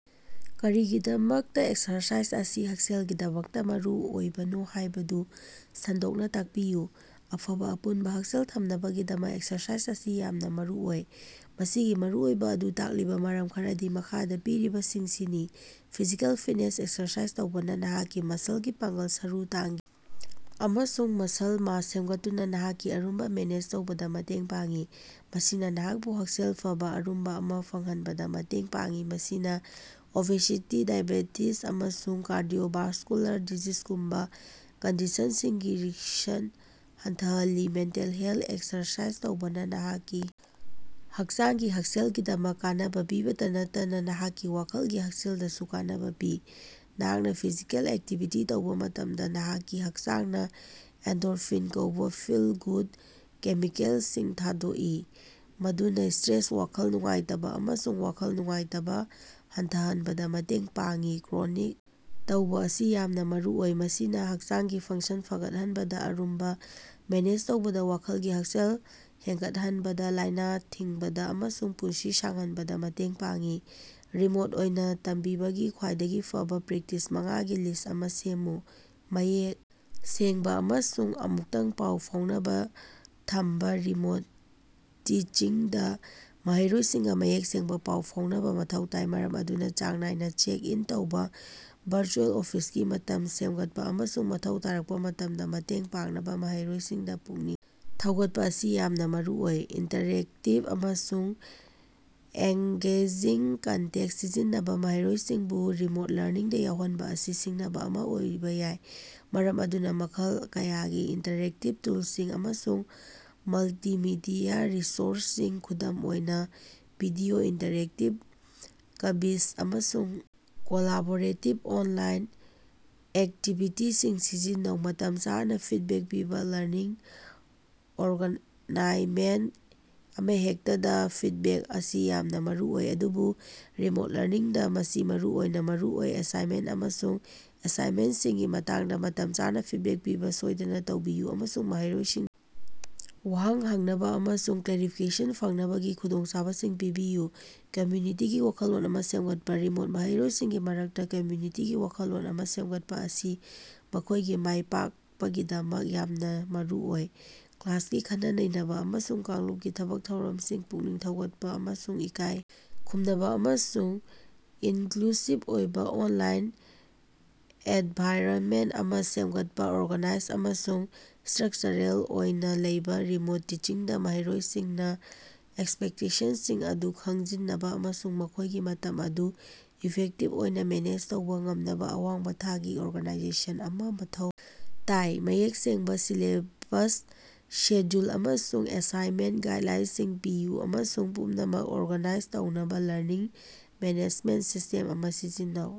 ꯀꯔꯤꯒꯤꯗꯃꯛꯇ ꯑꯦꯛꯁꯔꯁꯥꯏꯖ ꯑꯁꯤ ꯍꯛꯁꯦꯜꯒꯤꯗꯃꯛꯇꯥ ꯃꯔꯨꯑꯣꯏꯕꯅꯣ ꯍꯥꯏꯕꯗꯨ ꯁꯟꯗꯣꯛꯅ ꯇꯥꯛꯄꯤꯌꯨ꯫ ꯑꯐꯕ ꯑꯄꯨꯟꯕ ꯍꯛꯁꯦꯜ ꯊꯝꯅꯕꯒꯤꯗꯃꯛ ꯑꯦꯛꯁꯔꯁꯥꯏꯖ ꯑꯁꯤ ꯌꯥꯝꯅ ꯃꯔꯨꯑꯣꯏ꯫ ꯃꯁꯤꯒꯤ ꯃꯔꯨꯑꯣꯏꯕꯥ ꯑꯗꯨ ꯇꯥꯛꯂꯤꯕꯥ ꯃꯔꯝ ꯈꯔꯗꯤ ꯃꯈꯥꯗꯥ ꯄꯤꯔꯤꯕꯁꯤꯡꯁꯤꯅꯤ: ꯐꯤꯖꯤꯀꯦꯜ ꯐꯤꯠꯅꯦꯁ ꯑꯦꯛꯁꯔꯁꯥꯏꯖ ꯇꯧꯕꯅꯥ ꯅꯍꯥꯛꯀꯤ ꯃꯁꯂꯒꯤ ꯃꯄꯥꯡꯒꯜ, ꯁꯔꯨ ꯇꯥꯡꯒꯤ ꯑꯃꯁꯨꯡ ꯃꯁꯜ ꯃꯥꯁ ꯁꯦꯝꯒꯠꯇꯨꯅꯥ ꯅꯍꯥꯛꯀꯤ ꯑꯔꯨꯝꯕꯥ ꯃꯦꯅꯦꯖ ꯇꯧꯕꯗꯥ ꯃꯇꯦꯡ ꯄꯥꯡꯏ꯫ ꯃꯁꯤꯅꯥ ꯅꯍꯥꯛꯄꯨ ꯍꯛꯁꯦꯜ ꯐꯕꯥ ꯑꯔꯨꯝꯕꯥ ꯑꯃꯥ ꯐꯪꯍꯟꯕꯗꯥ ꯃꯇꯦꯡ ꯄꯥꯡꯏ, ꯃꯁꯤꯅꯥ ꯑꯣꯕꯦꯁꯤꯇꯤ, ꯗꯥꯏꯑꯦꯕꯦꯇꯤꯖ, ꯑꯃꯁꯨꯡ ꯀꯥꯔꯗꯤꯑꯣꯚꯥꯁ꯭ꯀꯨꯂꯥꯔ ꯗꯤꯖꯤꯖꯒꯨꯝꯕꯥ ꯀꯟꯗꯤꯁꯟꯁꯤꯡꯒꯤ ꯔꯤꯁꯛ ꯍꯟꯊꯍꯜꯂꯤ꯫ ꯃꯦꯟꯇꯦꯜ ꯍꯦꯜꯊ: ꯑꯦꯛꯁꯔꯁꯥꯏꯖ ꯇꯧꯕꯅꯥ ꯅꯍꯥꯛꯀꯤ ꯍꯛꯆꯥꯡꯒꯤ ꯍꯛꯁꯦꯜꯒꯤꯗꯃꯛ ꯀꯥꯟꯅꯕꯥ ꯄꯤꯕꯇꯥ ꯅꯠꯇꯔꯅꯥ ꯅꯍꯥꯛꯀꯤ ꯋꯥꯈꯜꯒꯤ ꯍꯛꯁꯦꯜꯗꯁꯨ ꯀꯥꯟꯅꯕꯥ ꯄꯤ꯫ ꯅꯍꯥꯛꯅꯥ ꯐꯤꯖꯤꯀꯦꯜ ꯑꯦꯛꯇꯤꯚꯤꯇꯤ ꯇꯧꯕꯥ ꯃꯇꯝꯗꯥ, ꯅꯍꯥꯛꯀꯤ ꯍꯛꯆꯥꯡꯅꯥ ꯑꯦꯟꯗꯣꯔꯐꯤꯟ ꯀꯧꯕꯥ ꯐꯤꯜ-ꯒꯨꯗ ꯀꯦꯃꯤꯀꯦꯜꯁꯤꯡ ꯊꯥꯗꯣꯛꯏ, ꯃꯗꯨꯅꯥ ꯁ꯭ꯇꯔꯦꯁ, ꯋꯥꯈꯜ ꯅꯨꯡꯉꯥꯏꯇꯕꯥ ꯑꯃꯁꯨꯡ ꯋꯥꯈꯜ ꯅꯨꯡꯉꯥꯏꯇꯕꯥ ꯍꯟꯊꯍꯟꯕꯗꯥ ꯃꯇꯦꯡ ꯄꯥꯡꯏ꯫ ꯀ꯭ꯔꯣꯅꯤꯛ ꯇꯧꯕꯥ ꯑꯁꯤ ꯌꯥꯝꯅꯥ ꯃꯔꯨꯑꯣꯏ꯫ ꯃꯁꯤꯅꯥ ꯍꯛꯆꯥꯡꯒꯤ ꯐꯪꯛꯁꯟ ꯐꯒꯠꯍꯟꯕꯗꯥ, ꯑꯔꯨꯝꯕꯥ ꯃꯦꯅꯦꯖ ꯇꯧꯕꯗꯥ, ꯋꯥꯈꯜꯒꯤ ꯍꯛꯁꯦꯜ ꯍꯦꯟꯒꯠꯍꯅꯕꯗꯥ, ꯂꯥꯏꯅꯥ ꯊꯤꯡꯕꯗꯥ ꯑꯃꯁꯨꯡ ꯄꯨꯟꯁꯤ ꯁꯥꯡꯍꯅꯕꯗꯥ ꯃꯇꯦꯡ ꯄꯥꯡꯏ꯫ ꯔꯤꯃꯣꯠ ꯑꯣꯏꯅꯥ ꯇꯝꯕꯤꯕꯒꯤ ꯈ꯭ꯋꯥꯏꯗꯒꯤ ꯐꯕꯥ ꯄ꯭ꯔꯦꯛꯇꯤꯁ ꯃꯉꯥ ꯒꯤ ꯂꯤꯁꯠ ꯑꯃ ꯁꯦꯝꯃꯨ꯫ ꯃꯌꯦꯛ ꯁꯦꯡꯕꯥ ꯑꯃꯁꯨꯡ ꯑꯃꯨꯛꯇꯪ ꯄꯥꯎ ꯐꯥꯎꯅꯕꯥ ꯊꯝꯕꯥ ꯔꯤꯃꯣꯠ ꯇꯤꯆꯤꯡꯗꯥ ꯃꯍꯩꯔꯣꯏꯁꯤꯡꯒꯥ ꯃꯌꯦꯛ ꯁꯦꯡꯕꯥ ꯄꯥꯎ ꯐꯥꯑꯣꯅꯕꯥ ꯃꯊꯧ ꯇꯥꯏ, ꯃꯔꯝ ꯑꯗꯨꯅꯥ ꯆꯥꯡ ꯅꯥꯏꯅꯥ ꯆꯦꯛ-ꯏꯟ ꯇꯧꯕꯥ, ꯚꯔꯆꯨꯑꯦꯜ ꯑꯣꯐꯤꯁꯀꯤ ꯃꯇꯝ ꯁꯦꯝꯒꯠꯄꯥ, ꯑꯃꯁꯨꯡ ꯃꯊꯧ ꯇꯥꯔꯛꯄꯥ ꯃꯇꯝꯗ ꯃꯇꯦꯡ ꯄꯥꯡꯅꯕꯥ ꯃꯍꯩꯔꯣꯏꯁꯤꯡꯗꯥ ꯄꯨꯛꯅꯤꯡ ꯊꯧꯒꯠꯄꯥ ꯑꯁꯤ ꯌꯥꯝꯅꯥ ꯃꯔꯨꯑꯣꯏ꯫ ꯏꯟꯇꯔꯦꯛꯇꯤꯕ ꯑꯃꯁꯨꯡ ꯑꯦꯡꯒꯦꯖꯤꯡ ꯀꯟꯇꯦꯟꯇ ꯁꯤꯖꯤꯟꯅꯕꯥ: ꯃꯍꯩꯔꯣꯏꯁꯤꯡꯕꯨ ꯔꯤꯃꯣꯠ ꯂꯔꯅꯤꯡꯗꯥ ꯌꯥꯎꯍꯟꯕꯥ ꯑꯁꯤ ꯁꯤꯡꯅꯕꯥ ꯑꯃ ꯑꯣꯏꯕꯥ ꯌꯥꯏ, ꯃꯔꯝ ꯑꯗꯨꯅꯥ ꯃꯈꯜ ꯀꯌꯥꯒꯤ ꯏꯟꯇꯔꯦꯛꯇꯤꯕ ꯇꯨꯜꯁꯤꯡ ꯑꯃꯁꯨꯡ ꯃꯜꯇꯤꯃꯤꯗꯤꯌꯥ ꯔꯤꯁꯣꯔꯁꯁꯤꯡ, ꯈꯨꯗꯝ ꯑꯣꯏꯅꯥ ꯚꯤꯗꯤꯑꯣ, ꯏꯟꯇꯔꯦꯛꯇꯤꯕ ꯀ꯭ꯕꯤꯖ, ꯑꯃꯁꯨꯡ ꯀꯣꯂꯥꯕꯣꯔꯦꯇꯤꯕ ꯑꯣꯟꯂꯥꯏꯟ ꯑꯦꯛꯇꯤꯕꯤꯇꯤꯁꯤꯡ ꯁꯤꯖꯤꯟꯅꯧ꯫ ꯃꯇꯝ ꯆꯥꯅꯥ ꯐꯤꯗꯕꯦꯛ ꯄꯤꯕꯥ ꯂꯔꯅꯤꯡ ꯑꯦꯟꯚꯥꯏꯔꯅꯃꯦꯟꯇ ꯑꯃꯍꯦꯛꯇꯗꯥ ꯐꯤꯗꯕꯦꯛ ꯑꯁꯤ ꯌꯥꯝꯅꯥ ꯃꯔꯨꯑꯣꯏ, ꯑꯗꯨꯕꯨ ꯔꯤꯃꯣꯠ ꯂꯔꯅꯤꯡꯗꯥ ꯃꯁꯤ ꯃꯔꯨꯑꯣꯏꯅꯥ ꯃꯔꯨꯑꯣꯏ꯫ ꯑꯦꯁꯥꯏꯟꯃꯦꯟꯇ ꯑꯃꯁꯨꯡ ꯑꯦꯁꯦꯁꯃꯦꯟꯇꯁꯤꯡꯒꯤ ꯃꯇꯥꯡꯗꯥ ꯃꯇꯝ ꯆꯥꯅꯥ ꯐꯤꯗꯕꯦꯛ ꯄꯤꯕꯥ ꯁꯣꯏꯗꯅꯥ ꯇꯧꯕꯤꯌꯨ, ꯑꯃꯁꯨꯡ ꯃꯍꯩꯔꯣꯏꯁꯤꯡꯗꯥ ꯋꯥꯍꯪ ꯍꯪꯅꯕꯥ ꯑꯃꯁꯨꯡ ꯀ꯭ꯂꯦꯔꯤꯐꯤꯀꯦꯁꯟ ꯐꯪꯅꯕꯒꯤ ꯈꯨꯗꯣꯡꯆꯥꯕꯁꯤꯡ ꯄꯤꯕꯤꯌꯨ꯫ ꯀꯝꯃ꯭ꯌꯨꯅꯤꯇꯤꯒꯤ ꯋꯥꯈꯜꯂꯣꯟ ꯑꯃꯥ ꯁꯦꯝꯒꯠꯄꯥ: ꯔꯤꯃꯣꯠ ꯃꯍꯩꯔꯣꯏꯁꯤꯡꯒꯤ ꯃꯔꯛꯇꯥ ꯀꯝꯃ꯭ꯌꯨꯅꯤꯇꯤꯒꯤ ꯋꯥꯈꯜꯂꯣꯟ ꯑꯃꯥ ꯁꯦꯝꯒꯠꯄꯥ ꯑꯁꯤ ꯃꯈꯣꯏꯒꯤ ꯃꯥꯏ ꯄꯥꯛꯄꯒꯤꯗꯃꯛ ꯌꯥꯝꯅꯥ ꯃꯔꯨꯑꯣꯏ꯫ ꯀ꯭ꯂꯥꯁꯀꯤ ꯈꯟꯅ-ꯅꯩꯅꯕꯥ ꯑꯃꯁꯨꯡ ꯀꯥꯡꯂꯨꯞꯀꯤ ꯊꯕꯛ-ꯊꯧꯔꯝꯁꯤꯡ ꯄꯨꯛꯅꯤꯡ ꯊꯧꯒꯠꯄꯥ, ꯑꯃꯁꯨꯡ ꯏꯀꯥꯏ ꯈꯨꯝꯅꯕꯥ ꯑꯃꯁꯨꯡ ꯏꯟꯀꯂꯨꯁꯤꯚ ꯑꯣꯏꯕꯥ ꯑꯣꯟꯂꯥꯏꯟ ꯑꯦꯟꯚꯥꯏꯔꯅꯃꯦꯟꯇ ꯑꯃꯥ ꯁꯦꯝꯒꯠꯄꯥ꯫ ꯑꯣꯔꯒꯥꯅꯥꯏꯖ ꯑꯃꯁꯨꯡ ꯁ꯭ꯇꯔꯛꯆꯔꯦꯜ ꯑꯣꯏꯅꯥ ꯂꯩꯕꯥ ꯔꯤꯃꯣꯠ ꯇꯤꯆꯤꯡꯗꯥ ꯃꯍꯩꯔꯣꯏꯁꯤꯡꯅ ꯑꯦꯛꯁꯄꯦꯛꯇꯦꯁꯟꯁꯤꯡ ꯑꯗꯨ ꯈꯪꯖꯤꯅꯕꯥ ꯑꯃꯁꯨꯡ ꯃꯈꯣꯏꯒꯤ ꯃꯇꯝ ꯑꯗꯨ ꯏꯐꯦꯛꯇꯤꯚ ꯑꯣꯏꯅꯥ ꯃꯦꯅꯦꯖ ꯇꯧꯕꯥ ꯉꯝꯅꯕꯥ ꯑꯋꯥꯡꯕ ꯊꯥꯛꯀꯤ ꯑꯣꯔꯒꯥꯅꯥꯏꯖꯦꯁꯟ ꯑꯃꯥ ꯃꯊꯧ ꯇꯥꯏ꯫ ꯃꯌꯦꯛ ꯁꯦꯡꯕꯥ ꯁꯤꯂꯦꯕꯁ, ꯁꯦꯗ꯭ꯌꯨꯜ, ꯑꯃꯁꯨꯡ ꯑꯦꯁꯥꯏꯟꯃꯦꯟꯇ ꯒꯥꯏꯗꯂꯥꯏꯟꯁꯤꯡ ꯄꯤꯌꯨ, ꯑꯃꯁꯨꯡ ꯄꯨꯝꯅꯃꯛ ꯑꯣꯔꯒꯥꯅꯥꯏꯖ ꯇꯧꯅꯕ ꯂꯔꯅꯤꯡ ꯃꯦꯅꯦꯖꯃꯦꯟꯇ ꯁꯤꯁꯇꯦꯝ ꯑꯃꯥ ꯁꯤꯖꯤꯟꯅꯧ꯫